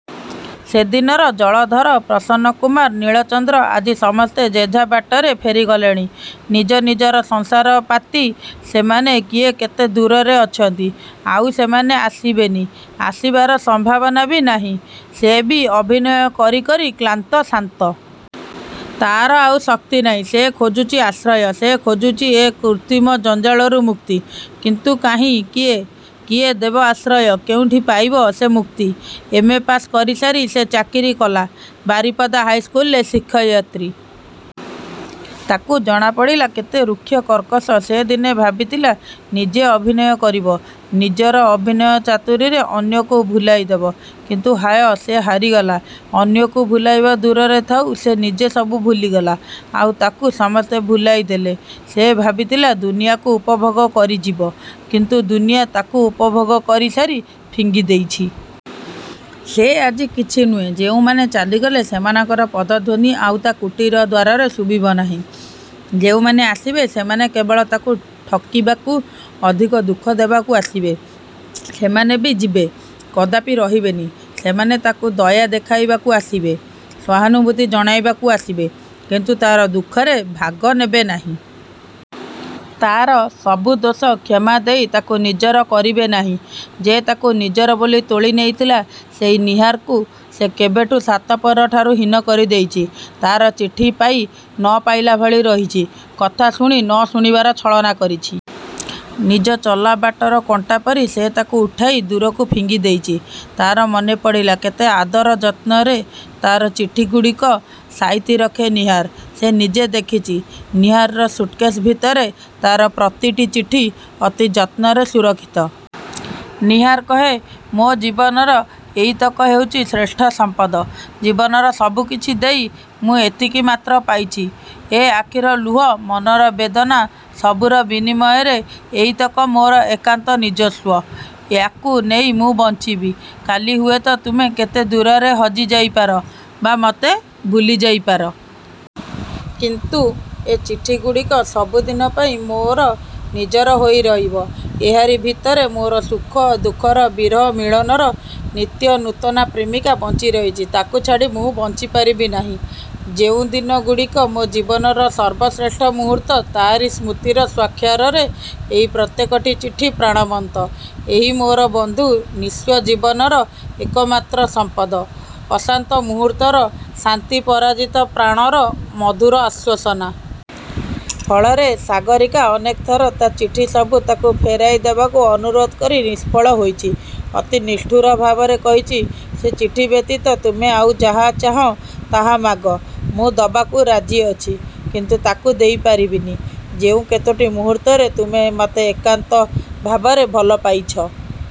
ସେଦିନର ଜଳଧର, ପ୍ରସନ୍ନ କୁମାର, ନୀଳଚନ୍ଦ୍ର ଆଜି ସମସ୍ତେ ଯେଝା ବାଟରେ ଫେରି ଗଲେଣି। ନିଜ ନିଜର ସଂସାର ପାତି ସେମାନେ କିଏ କେତେ ଦୂରରେ ଅଛନ୍ତି। ଆଉ ସେମାନେ ଆସିବେନି-ଆସିବାର ସମ୍ଭାବନା ବି ନାହିଁ। ସେ ବି ଅଭିନୟ କରି କରି କ୍ଳାନ୍ତ, ଶାନ୍ତ। ତା'ର ଆଉ ଶକ୍ତି ନାହିଁ। ସେ ଖୋଜୁଛି ଆଶ୍ରୟ; ସେ ଖୋଜୁଛି ଏ କୃତ୍ରିମ ଜଞ୍ଜାଳରୁ ମୁକ୍ତି। କିନ୍ତୁ କାହିଁ କିଏ? କିଏ ଦେବ ଆଶ୍ରୟ; କେଉଁଠି ପାଇବ ସେ ମୁକ୍ତି। ଏମ୍. ଏ. ପାସ୍ କରିସାରି ସେ ଚାକିରି କଲା। ବାରିପଦା ହାଇସ୍କୁଲରେ ଶିକ୍ଷୟିତ୍ରୀ। ତାକୁ ଜଣାପଡ଼ିଲା କେତେ ଋକ୍ଷ କର୍କଶ। ସେ ଦିନେ ଭାବିଥିଲା ନିଜେ ଅଭିନୟ କରିବ। ନିଜର ଅଭିନୟ ଚାତୁରୀରେ ଅନ୍ୟକୁ ଭୁଲାଇ ଦେବ। କିନ୍ତୁ ହାୟ-ସେ ହାରିଗଲା। ଅନ୍ୟକୁ ଭୁଲାଇବା ଦୂରରେ ଥାଉ-ସେ ନିଜେ ସବୁ ଭୁଲିଗଲା; ଆଉ ତାକୁ ସମସ୍ତେ ଭୁଲାଇ ଦେଲେ। ସେ ଭାବିଥିଲା ଦୁନିଆକୁ ଉପଭୋଗ କରିଯିବ-କିନ୍ତୁ ଦୁନିଆ ତାକୁ ଉପଭୋଗ କରିସାରି ଫିଙ୍ଗି ଦେଇଛି। ସେ ଆଜି କିଛି ନୁହେଁ-ଯେଉଁମାନେ ଚାଲିଗଲେ ସେମାନଙ୍କର ପଦଧ୍ୱନି ଆଉ ତା' କୁଟୀର ଦ୍ୱାରରେ ଶୁଭିବ ନାହିଁ। ଯେଉଁମାନେ ଆସିବେ; ସେମାନେ କେବଳ ତାକୁ ଠକିବାକୁ ଅଧିକ ଦୁଃଖ ଦେବାକୁ ଆସିବେ। ସେମାନେ ବି ଯିବେ; କଦାପି ରହିବେନି। ସେମାନେ ତାକୁ ଦୟା ଦେଖାଇବାକୁ ଆସିବେ; ସହାନୁଭୂତି ଜଣାଇବାକୁ ଆସିବେ; କିନ୍ତୁ ତା'ର ଦୁଃଖରେ ଭାଗ ନେବେ ନାହିଁ। ତାର ସବୁ ଦୋଷ କ୍ଷମାଦେଇ ତାକୁ ନିଜର କରିନେବେ ନାହିଁ। ଯେ ତାକୁ ନିଜର ବୋଲି ତୋଳି ନେଇଥିଲା-ସେଇ ନୀହାରକୁ ସେ କେବେଠୁଁ ସାତପର ଠାରୁ ହୀନ କରିଦେଇଛି। ତା'ର ଚିଠି ପାଇ; ନ। ପାଇଲା ଭଳି ରହିଛି। କଥା ଶୁଣି, ନ ଶୁଣିବାର ଛଳନା କରିଛି। ନିଜ ଚଲା ବାଟର କଣ୍ଟା ପରି ସେ ତାକୁ ଉଠାଇ ଦୂରକୁ ଫିଙ୍ଗି ଦେଇଛି-। ତା'ର ମନେପଡ଼ିଲା କେତେ ଆଦର ଯତ୍ନରେ ତା'ର ଚିଠିଗୁଡ଼ିକ ସାଇତି ରଖେ ନୀହାର-। ସେ ନିଜେ ଦେଖିଛି ନୀହାରର ସୁଟକେଶ୍ ଭିତରେ ତା'ର ପ୍ରତିଟି ଚିଠି ଅତି ଯତ୍ନରେ ସୁରକ୍ଷିତ। ନୀହାର କହେ-''ମୋ ଜୀବନର ଏଇତକ ହେଉଛି ଶ୍ରେଷ୍ଠ ସମ୍ପଦ। ଜୀବନର ସବୁ କିଛି ଦେଇ ମୁଁ ଏତିକି ମାତ୍ର ପାଇଛି। ଏ ଆଖିର ଲୁହ, ମନର ବେଦନା ସବୁର ବିନିମୟରେ ଏଇତକ ମୋର ଏକାନ୍ତ ନିଜସ୍ୱ। ୟାକୁଇ ନେଇ ମୁଁ ବଞ୍ଚିବି। କାଲି ହୁଏତ ତୁମେ କେତେ ଦୂରରେ ହଜି ଯାଇପାର, ବା ମୋତେ ଭୁଲି ଯାଇପାର। କିନ୍ତୁ ଏ ଚିଠିଗୁଡ଼ିକ ସବୁଦିନ ପାଇଁ ମୋର ନିଜର ହୋଇ ରହିବ-। ଏହାରି ଭିତରେ ମୋର ସୁଖ ଦୁଃଖର, ବିରହ ମିଳନର, ନିତ୍ୟ-ନୂତନା ପ୍ରେମିକା ବଞ୍ଚି ରହିଛି-। ତାକୁ ଛାଡ଼ି ମୁଁ ବଞ୍ଚି ପାରିବି ନାହିଁ। ଯେଉଁ ଦିନଗୁଡ଼ିକ ମୋ ଜୀବନର ସର୍ବଶ୍ରେଷ୍ଠ ମୁହୂର୍ତ୍ତ; ତାରି ସ୍ମୃତିର ସ୍ୱାକ୍ଷରରେ ଏହି ପ୍ରତ୍ୟେକଟି ଚିଠି ପ୍ରାଣବନ୍ତ-ଏହି ମୋର ବନ୍ଧୁ-ନିସ୍ୱ ଜୀବନର ଏକମାତ୍ର ସମ୍ପଦ-ଅଶାନ୍ତ ମୁହୂର୍ତ୍ତର ଶାନ୍ତି-ପରାଜିତ ପ୍ରାଣର ମଧୁର ଆଶ୍ୱାସନା। '' ଫଳରେ ସାଗରୀକା ଅନେକଥର ତା' ଚିଠି ସବୁ ତାକୁ ଫେରାଇ ଦେବାକୁ ଅନୁରୋଧ କରି ନିଷ୍ଫଳ ହୋଇଛି-। ଅତି ନିଷ୍ଠୁର ଭାବରେ କହିଛି-'' ସେ ଚିଠି ବ୍ୟତୀତ ତୁମେ ଆଉ ଯାହା ଚାହଁ-ତାହା ମାଗ-। ମୁଁ ଦେବାକୁ ରାଜି ଅଛି। କିନ୍ତୁ ତା'କୁ ଦେଇପାରିବିନି। ଯେଉଁ କେତୋଟି ମୁହୂର୍ତ୍ତରେ ତୁମେ ମୋତେ ଏକାନ୍ତ ଭାବରେ ଭଲ ପାଇଛ;